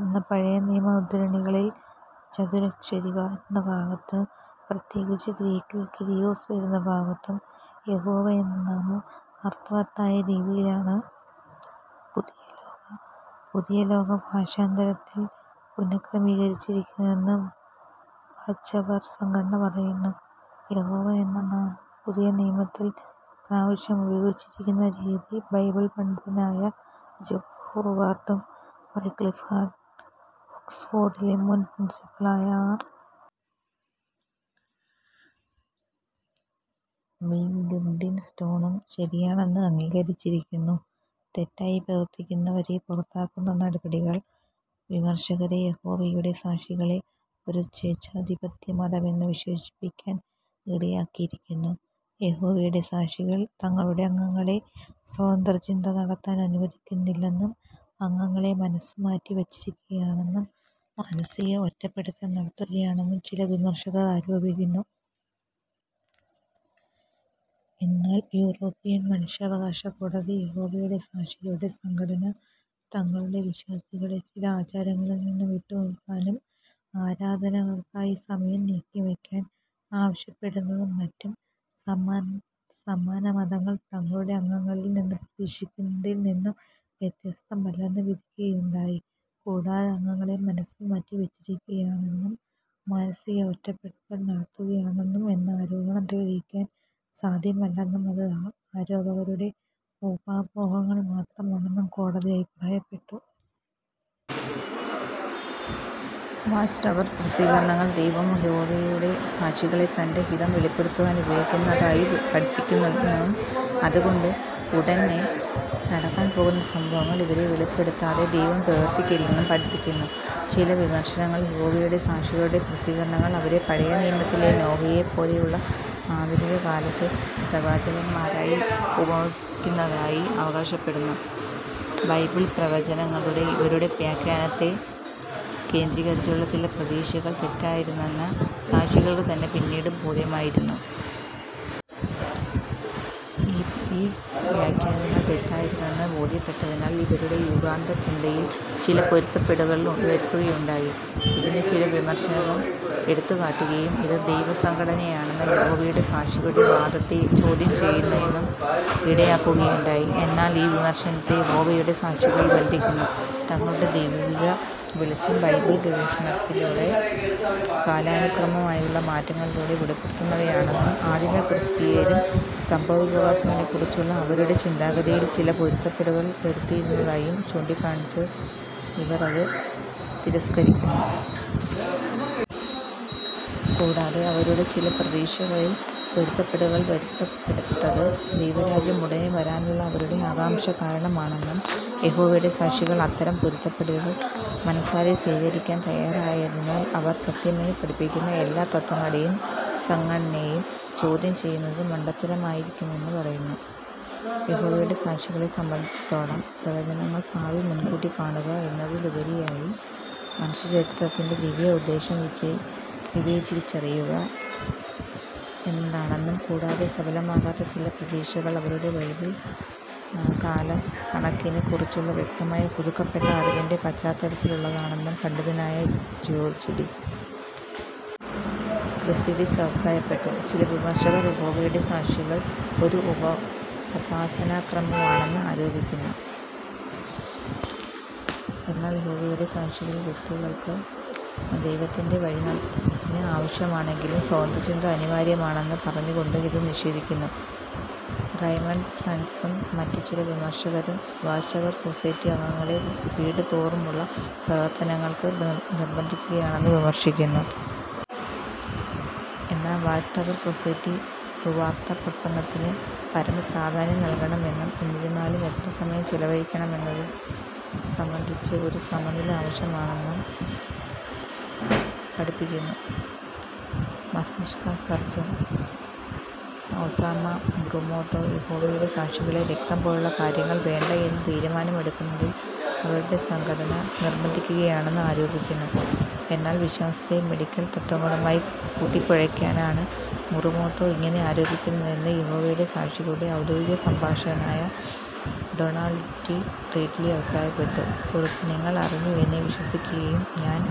എന്നാൽ പഴയനിയമ ഉദ്ധരണികളിൽ ചതുരക്ഷരി വരുന്ന ഭാഗത്തും, പ്രത്യേകിച്ച് ഗ്രീക്കിൽ 'കിരിയോസ്' വരുന്ന ഭാഗത്തും യഹോവ എന്ന നാമം അർത്ഥവത്തായ രീതിയിലാണ് പുതിയലോക ഭാഷാന്തരത്തിൽ പുനർക്രമീകരിച്ചിരിക്കുന്നതെന്ന് വാച്ച്ടവർ സംഘടന പറയുന്നു. യഹോവ എന്ന നാമം പുതിയനിയമത്തിൽ പ്രാവശ്യം ഉപയോഗിച്ചിരിക്കുന്ന രീതി ബൈബിൾ പണ്ഡിതനായ ജോർജ് ഹോവാർഡും, വൈക്ലിഫ് ഹാൾ ഒക്സ്ഫോഡിലെ മുൻ പ്രിൻസിപ്പലായ അർ. ബി. ഗിർഡിൽ സ്റ്റോണും ശരിയാണെന്ന് അംഗീകരിച്ചിരിക്കുന്നു. തെറ്റായി പ്രവർത്തിക്കുന്നവരെ പുറത്താക്കുന്ന നടപടികൾ വിമർശകരെ യഹോവയുടെ സാക്ഷികളെ ഒരു "സ്വേച്ഛാധിപത്യമതം" എന്ന് വിശേഷിപ്പിക്കാൻ ഇടയാക്കിയിരിക്കുന്നു. യഹോവയുടെ സാക്ഷികൾ തങ്ങളുടെ അംഗങ്ങളെ സ്വതന്ത്രചിന്ത നടത്താൻ അനുവദിക്കുന്നില്ലെന്നും, അംഗങ്ങളെ മനസ്സുമാറ്റി വച്ചിരിക്കുകയാണെന്നും, മാനസിക ഒറ്റപ്പെടുത്തൽ നടത്തുകയാണെന്നും ചില വിമർശകർ ആരോപിക്കുന്നു. എന്നാൽ യുറോപ്പിയൻ മനുഷ്യാവകാശ കോടതി യഹോവയുടെ സാക്ഷികളുടെ സംഘടന, തങ്ങളുടെ വിശ്വാസികളെ ചില ആചാരങ്ങളിൽ നിന്ന് വിട്ടുനിൽക്കാനും, ആരാധനയ്ക്കായി സമയം നീക്കിവയ്ക്കാൻ ആവശ്യപ്പെടുന്നതും മറ്റ് സമാന മതങ്ങൾ തങ്ങളുടെ അംഗങ്ങളിൽ നിന്ന് പ്രതീക്ഷിക്കുന്നതിൽ നിന്ന് വ്യത്യസ്തമല്ലെന്ന് വിധിക്കുകയുണ്ടായി. കൂടാതെ അംഗങ്ങളെ മനസ്സുമാറ്റി വച്ചിരിക്കുകയാണെന്നും, മാനസിക ഒറ്റപ്പെടുത്തൽ നടത്തുകയണെന്നും എന്ന ആരോപണം തെളിയിക്കപ്പെടാൻ സാധ്യമല്ലെന്നും അത് ആരോപകരുടെ ഊഹാപോഹങ്ങൾ മാത്രമാണെന്നും കോടതി അഭിപ്രായപ്പെട്ടു. വാച്ച്ടവർ പ്രസിദ്ധീകരണങ്ങൾ ദൈവം യഹോവയുടെ സാക്ഷികളെ തന്റെ ഹിതം വെളിപ്പെടുത്താനുപയോഗിക്കുന്നതായി പഠിപ്പിക്കുന്നെന്നും അതുകൊണ്ട് ഉടനെ നടക്കാൻ പോകുന്ന സംഭവങ്ങൾ ഇവരെ വെളിപ്പെടുത്താതെ ദൈവം പ്രവർത്തിക്കില്ലെന്നും പഠിപ്പിക്കുന്നു. ചില വിമർശകർ യഹോവയുടെ സാക്ഷികളുടെ പ്രസിദ്ധീകരണങ്ങൾ അവരെ പഴയനിയമത്തിലെ നോഹയെ പോലെയുള്ള ആധുനികകാലത്തെ പ്രവാചകൻമാരായി ഉപമിച്ചിരിക്കുന്നതായി അവകാശപ്പെടുന്നു. ബൈബിൾ പ്രവചനങ്ങളുടെ ഇവരുടെ വ്യാഖ്യാനത്തെ കേന്ദ്രീകരിച്ചുള്ള ചില പ്രതീക്ഷകൾ തെറ്റായിരുന്നെന്ന് സാക്ഷികൾക്കുതന്നെ പിന്നീട് ബോധ്യമായിരുന്നു. ആ വ്യാഖ്യാനങ്ങൾ തെറ്റായിരുന്നെന്ന് ബോധ്യപ്പെട്ടതിനാൽ ഇവരുടെ യുഗാന്തചിന്തയിൽ ചില പൊരുത്തപ്പെടുത്തലുകൾ വരുത്തുകയുണ്ടായി. ഇതിനെ ചില വിമർശകർ എടുത്തുകാട്ടുകയും ഇത് ദൈവസംഘടനയാണെന്ന യഹോവയുടെ സാക്ഷികളുടെ വാദത്തെ ചോദ്യം ചെയ്യുന്നതിനും ഇടയാക്കുകയുണ്ടായി. എന്നാൽ ഈ വിമർശനത്തെ യഹോവയുടെ സാക്ഷികൾ ഖണ്ഡിക്കുന്നു. തങ്ങളുടെ ദൈവിക വെളിച്ചം ബൈബിൾ ഗവേഷണത്തിലൂടെ കാലാനുക്രമമായുള്ള മാറ്റങ്ങളിലൂടെ വെളിപ്പെടുന്നവയാണെന്നും, ആദിമ ക്രിസ്തീയരും സംഭവവികാസങ്ങളെകുറിച്ചുള്ള അവരുടെ ചിന്താഗതിയിൽ ചില പൊരുത്തപ്പെടുത്തലുകൾ വരുത്തിയിരുന്നതായും ചൂണ്ടിക്കാണിച്ച് ഇവർ അത് തിരസ്ക്കരിക്കുന്നു. കൂടാതെ, അവരുടെ ചില പ്രതീക്ഷകളിൽ പൊരുത്തപ്പെടുത്തലുകൾ വരുത്തപ്പെട്ടത് ദൈവരാജ്യം ഉടനെ വരാനുള്ള അവരുടെ ആകാംക്ഷകാരണമാണെന്നും, യഹോവയുടെ സാക്ഷികൾ അത്തരം പൊരുത്തപ്പെടുത്തലുകൾ മനസാലെ സ്വീകരിക്കാൻ തയ്യാറായതിനാൽ അവർ സത്യമെന്ന് പഠിപ്പിക്കുന്ന എല്ലാ തത്ത്വങ്ങളെയും സംഘടനയെയും ചോദ്യം ചെയ്യുന്നത് മണ്ടത്തരമായിരിക്കുമെന്നും പറയുന്നു. യഹോവയുടെ സാക്ഷികളെ സംബന്ധിച്ചിടത്തോളം പ്രവചനങ്ങൾ ഭാവി മുൻകൂട്ടി കാണുക എന്നതിലുപരിയായി മനുഷ്യചരിത്രത്തിന്റെ ദിവ്യ ഉദ്ദേശ്യം വിവേചിച്ചറിയുക എന്നതാണെന്നും, കൂടാതെ സഫലമാകാത്ത ചില പ്രതീക്ഷകൾ അവരുടെ ബൈബിൾ കാലക്കണക്കിനെ കുറിച്ചുള്ള വ്യക്തമായ പുതുക്കപ്പെട്ട അറിവിന്റെ പശ്ചാത്തലത്തിലുള്ളതാണെന്നും പണ്ഡിതനായ ജോർജ് ഡി. ക്രിസിഡിസ് അഭിപ്രായപ്പെട്ടു. ചില വിമർശകർ യഹോവയുടെ സാക്ഷികൾ ഒരു "ഉപാസനാക്രമം" ആണെന്ന് ആരോപിക്കുന്നു. എന്നാൽ യഹോവയുടെ സാക്ഷികൾ വ്യക്തികൾക്ക് ദൈവത്തിന്റെ വഴിനടത്തിപ്പ് ആവശ്യമാണെങ്കിലും സ്വതന്ത്രചിന്ത ആനിവാര്യമാണെന്ന് പറഞ്ഞുകൊണ്ട് ഇത് നിഷേധിക്കുന്നു. റയ്മണ്ട് ഫ്രാൻസും മറ്റ് ചില വിമർശകരും വാച്ച്ടവർ സൊസൈറ്റി അംഗങ്ങളെ വീടുതോറുമുള്ള പ്രവർത്തനങ്ങൾക്ക് നിർബന്ധിക്കുകയാണെന്ന് വിമർശിക്കുന്നു. എന്നാൽ വാച്ച്ടവർ സൊസൈറ്റി സുവാർത്തപ്രസംഗത്തിന് പരമപ്രാധാന്യം നൽകണമെന്നും, എന്നിരുന്നാലും എത്ര സമയം ചെലവഴിക്കണം എന്നത് സംബന്ധിച്ച് ഒരു സമനില ആവശ്യമാണെന്നും പഠിപ്പിക്കുന്നു. മസ്തിഷ്ക സർജ്ജൻ ഒസാമ മുറുമോട്ടോ യഹോവയുടെ സാക്ഷികളെ രക്തം പോലുള്ള കാര്യങ്ങൾ വേണ്ട എന്ന് തീരുമാനമെടുക്കുന്നതിൽ അവരുടെ സംഘടന നിർബന്ധിക്കുകയാണെന്ന് ആരോപിക്കുന്നു. എന്നാൽ വിശ്വാസത്തെ മെഡിക്കൽ തത്ത്വങ്ങളുമായി കൂട്ടികുഴയ്ക്കാനാണ് മുറുമോട്ടോ ഇങ്ങനെ ആരോപിക്കുന്നതെന്ന് യഹോവയുടെ സാക്ഷികളുടെ ഔദ്യോഗിക സംഭാഷകനായ ഡൊണൽഡ് റ്റി. റിട്ലീ അഭിപ്രായപ്പെട്ടു. കുറിപ്പ്: "നിങ്ങൾ അറിഞ്ഞു എന്നെ വിശ്വസിക്കയും ഞാൻ